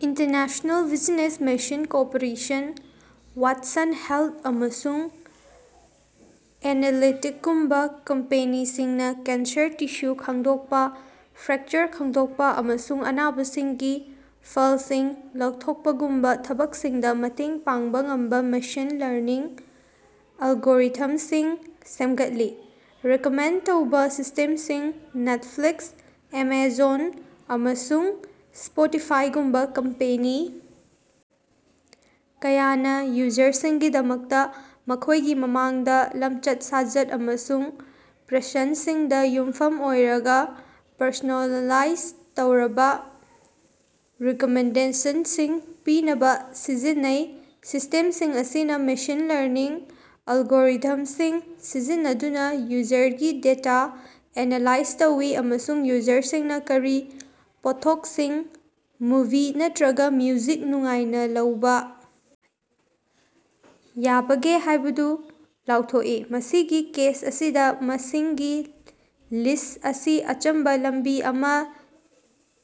International business machine corporation Watson health ꯑꯃꯁꯨꯡ ꯑꯦꯅꯂꯤꯇꯤꯛꯒꯨꯝꯕ ꯀꯝꯄꯦꯅꯤꯁꯤꯡꯅꯥ cancer tissue ꯈꯪꯗꯣꯛꯄꯥ, ꯐ꯭ꯔꯦꯀꯆꯔ ꯈꯪꯗꯣꯛꯄꯥ ꯑꯃꯁꯨꯡ ꯑꯅꯥꯕꯁꯤꯡꯒꯤ ꯐꯂꯁꯤꯡ ꯂꯥꯎꯊꯣꯛꯄꯒꯨꯝꯕꯥ ꯊꯕꯛꯁꯤꯡꯗꯥ ꯃꯇꯦꯡ ꯄꯥꯡꯕ ꯉꯝꯕ ꯃꯦꯁꯤꯟ ꯂꯔꯅꯤꯡ ꯑꯦꯂꯒꯣꯔꯤꯊꯝꯁꯤꯡ ꯁꯦꯝꯒꯠꯂꯤ꯫ꯔꯤꯀꯃꯦꯟꯠ ꯇꯧꯕ ꯁꯤꯁ꯭ꯇꯦꯝꯁꯤꯡ ꯅꯦꯠꯐ꯭ꯂꯤꯛꯁ, ꯑꯦꯃꯥꯖꯣꯟ, ꯑꯃꯁꯨꯡ ꯁ꯭ꯄꯣꯇꯤꯐꯥꯏꯒꯨꯝꯕ ꯀꯝꯄꯦꯅꯤ ꯀꯌꯥꯅꯥ ꯌꯨꯖꯔꯁꯤꯡꯒꯤꯗꯃꯛꯇꯥ ꯃꯈꯣꯏꯒꯤ ꯃꯃꯥꯡꯗ ꯂꯝꯆꯠ-ꯁꯥꯖꯠ ꯑꯃꯁꯨꯡ ꯄ꯭ꯔꯁꯟꯁꯤꯡꯗꯥ ꯌꯨꯝꯐꯝ ꯑꯣꯏꯔꯒꯥ ꯄꯔꯁꯣꯅꯦꯂꯥꯏꯖ ꯇꯧꯔꯕꯥ ꯔꯤꯀꯃꯦꯟꯗꯦꯁꯟꯁꯤꯡ ꯄꯤꯅꯕꯥ ꯁꯤꯖꯤꯟꯅꯩ꯫ ꯁꯤꯁ꯭ꯇꯦꯝꯁꯤꯡ ꯑꯁꯤꯅꯥ ꯃꯦꯁꯤꯟ ꯂꯔꯅꯤꯡ ꯑꯦꯂꯒꯣꯔꯤꯊꯝꯁꯤꯡ ꯁꯤꯖꯤꯟꯅꯗꯨꯅꯥ ꯌꯨꯖꯔꯒꯤ ꯗꯦꯇꯥ ꯑꯦꯅꯥꯂꯥꯏꯖ ꯇꯧꯏ ꯑꯃꯁꯨꯡ ꯌꯨꯖꯔꯁꯤꯡꯅꯥ ꯀꯔꯤ ꯄꯣꯠꯊꯣꯛꯁꯤꯡ, ꯃꯨꯚꯤ ꯅꯠꯇ꯭ꯔꯒꯥ ꯃ꯭ꯌꯨꯖꯤꯛ ꯅꯨꯡꯉꯥꯏꯅ ꯂꯧꯕ ꯌꯥꯕꯒꯦ ꯍꯥꯏꯕꯗꯨ ꯂꯥꯎꯊꯣꯛꯏ꯫ ꯃꯁꯤꯒꯤ ꯀꯦꯁ ꯑꯁꯤꯗꯥ, ꯃꯁꯤꯡꯒꯤ ꯂꯤꯁ꯭ꯠ ꯑꯁꯤ ꯑꯆꯝꯕꯥ ꯂꯝꯕꯤ ꯑꯃꯥ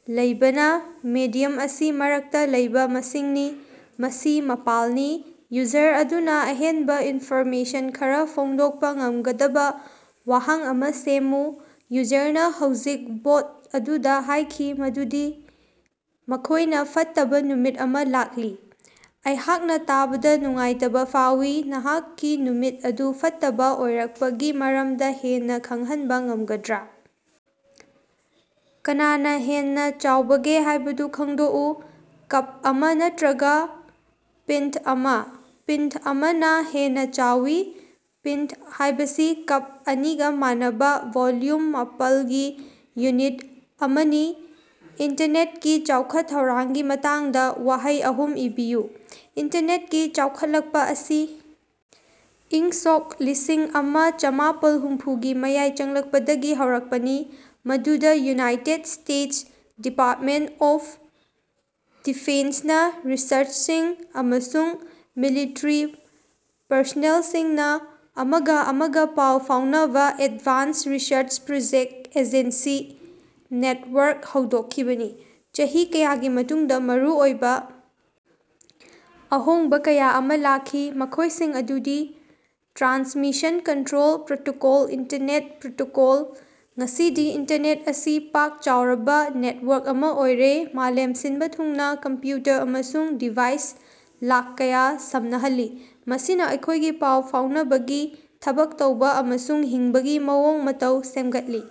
ꯂꯩꯕꯅꯥ, ꯃꯦꯗꯤꯌꯝ ꯑꯁꯤ ꯃꯔꯛꯇꯥ ꯂꯩꯕ ꯃꯁꯤꯡꯅꯤ, ꯃꯁꯤ ꯃꯄꯥꯜꯅꯤ꯫ꯌꯨꯖꯔ ꯑꯗꯨꯅꯥ ꯑꯍꯦꯟꯕꯥ ꯏꯟꯐꯣꯔꯃꯦꯁꯟ ꯈꯔꯥ ꯐꯣꯡꯗꯣꯛꯄꯥ ꯉꯝꯒꯗꯕꯥ ꯋꯥꯍꯪ ꯑꯃꯥ ꯁꯦꯝꯃꯨ꯫ ꯌꯨꯖꯔꯅꯥ ꯍꯧꯖꯤꯛ ꯕꯣꯠ ꯑꯗꯨꯗꯥ ꯍꯥꯏꯈꯤ ꯃꯗꯨꯗꯤ ꯃꯈꯣꯏꯅꯥ ꯐꯠꯇꯕꯥ ꯅꯨꯃꯤꯠ ꯑꯃꯥ ꯂꯥꯛꯂꯤ꯫ ꯑꯩꯍꯥꯛꯅꯥ ꯇꯥꯕꯗꯥ ꯅꯨꯡꯉꯥꯏꯇꯕꯥ ꯐꯥꯎꯏ, ꯅꯍꯥꯛꯀꯤ ꯅꯨꯃꯤꯠ ꯑꯗꯨ ꯐꯠꯇꯕꯥ ꯑꯣꯏꯔꯛꯄꯒꯤ ꯃꯔꯝꯗꯥ ꯍꯦꯟꯅꯥ ꯈꯪꯍꯟꯕꯥ ꯉꯝꯒꯗ꯭ꯔꯥ? ꯀꯅꯥꯅꯥ ꯍꯦꯟꯅꯥ ꯆꯥꯎꯕꯒꯦ ꯍꯥꯏꯕꯗꯨ ꯈꯪꯗꯣꯛꯎ꯫ ꯀꯞ ꯑꯃꯥ ꯅꯠꯇ꯭ꯔꯒꯥ ꯄꯤꯟꯇ ꯑꯃꯥ? ꯄꯤꯟꯇ ꯑꯃꯅꯥ ꯍꯦꯟꯅꯥ ꯆꯥꯎꯏ꯫ ꯄꯤꯟꯇ ꯍꯥꯏꯕꯁꯤ ꯀꯞ ꯑꯅꯤꯒꯥ ꯃꯥꯟꯅꯕꯥ ꯚꯣꯜꯌꯨꯝ ꯃꯥꯄꯜꯒꯤ ꯌꯨꯅꯤꯠ ꯑꯃꯅꯤ꯫ ꯏꯟꯇꯔꯅꯦꯠꯀꯤ ꯆꯥꯎꯈꯠ ꯊꯧꯔꯥꯡꯒꯤ ꯃꯇꯥꯡꯗꯥ ꯋꯥꯍꯩ ꯑꯍꯨꯝ ꯏꯕꯤꯌꯨ꯫ ꯏꯟꯇꯔꯅꯦꯠꯀꯤ ꯆꯥꯎꯈꯠꯂꯛꯄꯥ ꯑꯁꯤ ꯏꯪ ꯁꯣꯛ ꯂꯤꯁꯤꯡ ꯑꯃꯥ ꯆꯥꯃꯄꯥꯜ ꯍꯨꯝꯐꯨꯒꯤ ꯃꯌꯥꯏ ꯆꯜꯂꯛꯄꯗꯒꯤ ꯍꯧꯔꯛꯄꯅꯤ, ꯃꯗꯨꯗꯥ ꯌꯨꯅꯥꯏꯇꯦꯗ ꯁ꯭ꯇꯦꯇꯁ ꯗꯤꯄꯥꯔꯇꯃꯦꯟꯠ ꯑꯣꯐ ꯗꯤꯐꯦꯟꯁꯅꯥ ꯔꯤꯁꯔꯆꯔꯁꯤꯡ ꯑꯃꯁꯨꯡ ꯃꯤꯂꯤꯇꯔꯤ ꯄꯔꯁꯣꯅꯦꯜꯁꯤꯡꯅꯥ ꯑꯃꯒꯥ ꯑꯃꯒꯥ ꯄꯥꯎ ꯐꯥꯎꯅꯕꯥ Advanced Research Project Agency Network ꯍꯧꯗꯣꯛꯈꯤꯕꯅꯤ꯫ ꯆꯍꯤ ꯀꯌꯥꯒꯤ ꯃꯇꯨꯡꯗꯥ ꯃꯔꯨꯑꯣꯏꯕ ꯑꯍꯣꯡꯕꯥ ꯀꯌꯥ ꯑꯃꯥ ꯂꯥꯛꯈꯤ, ꯃꯈꯣꯏꯁꯤꯡ ꯑꯗꯨꯗꯤ Transmission Control Protocol Internet Protocol. ꯉꯁꯤꯗꯤ ꯏꯟꯇꯔꯅꯦꯠ ꯑꯁꯤ ꯄꯥꯛ ꯆꯥꯎꯔꯕꯥ ꯅꯦꯇꯋꯥꯔꯛ ꯑꯃꯥ ꯑꯣꯏꯔꯦ, ꯃꯥꯂꯦꯝ ꯁꯤꯟꯕꯥ ꯊꯨꯡꯅꯥ ꯀꯝꯞꯌꯨꯇꯔ ꯑꯃꯁꯨꯡ ꯗꯤꯚꯥꯏꯁ ꯂꯥꯛ ꯀꯌꯥ ꯁꯝꯅꯍꯜꯂꯤ, ꯃꯁꯤꯅꯥ ꯑꯩꯈꯣꯌꯒꯤ ꯄꯥꯎ ꯐꯥꯎꯅꯕꯒꯤ, ꯊꯕꯛ ꯇꯧꯕ ꯑꯃꯁꯨꯡ ꯍꯤꯡꯕꯒꯤ ꯃꯑꯣꯡ ꯃꯇꯧ ꯁꯦꯝꯒꯠꯂꯤ꯫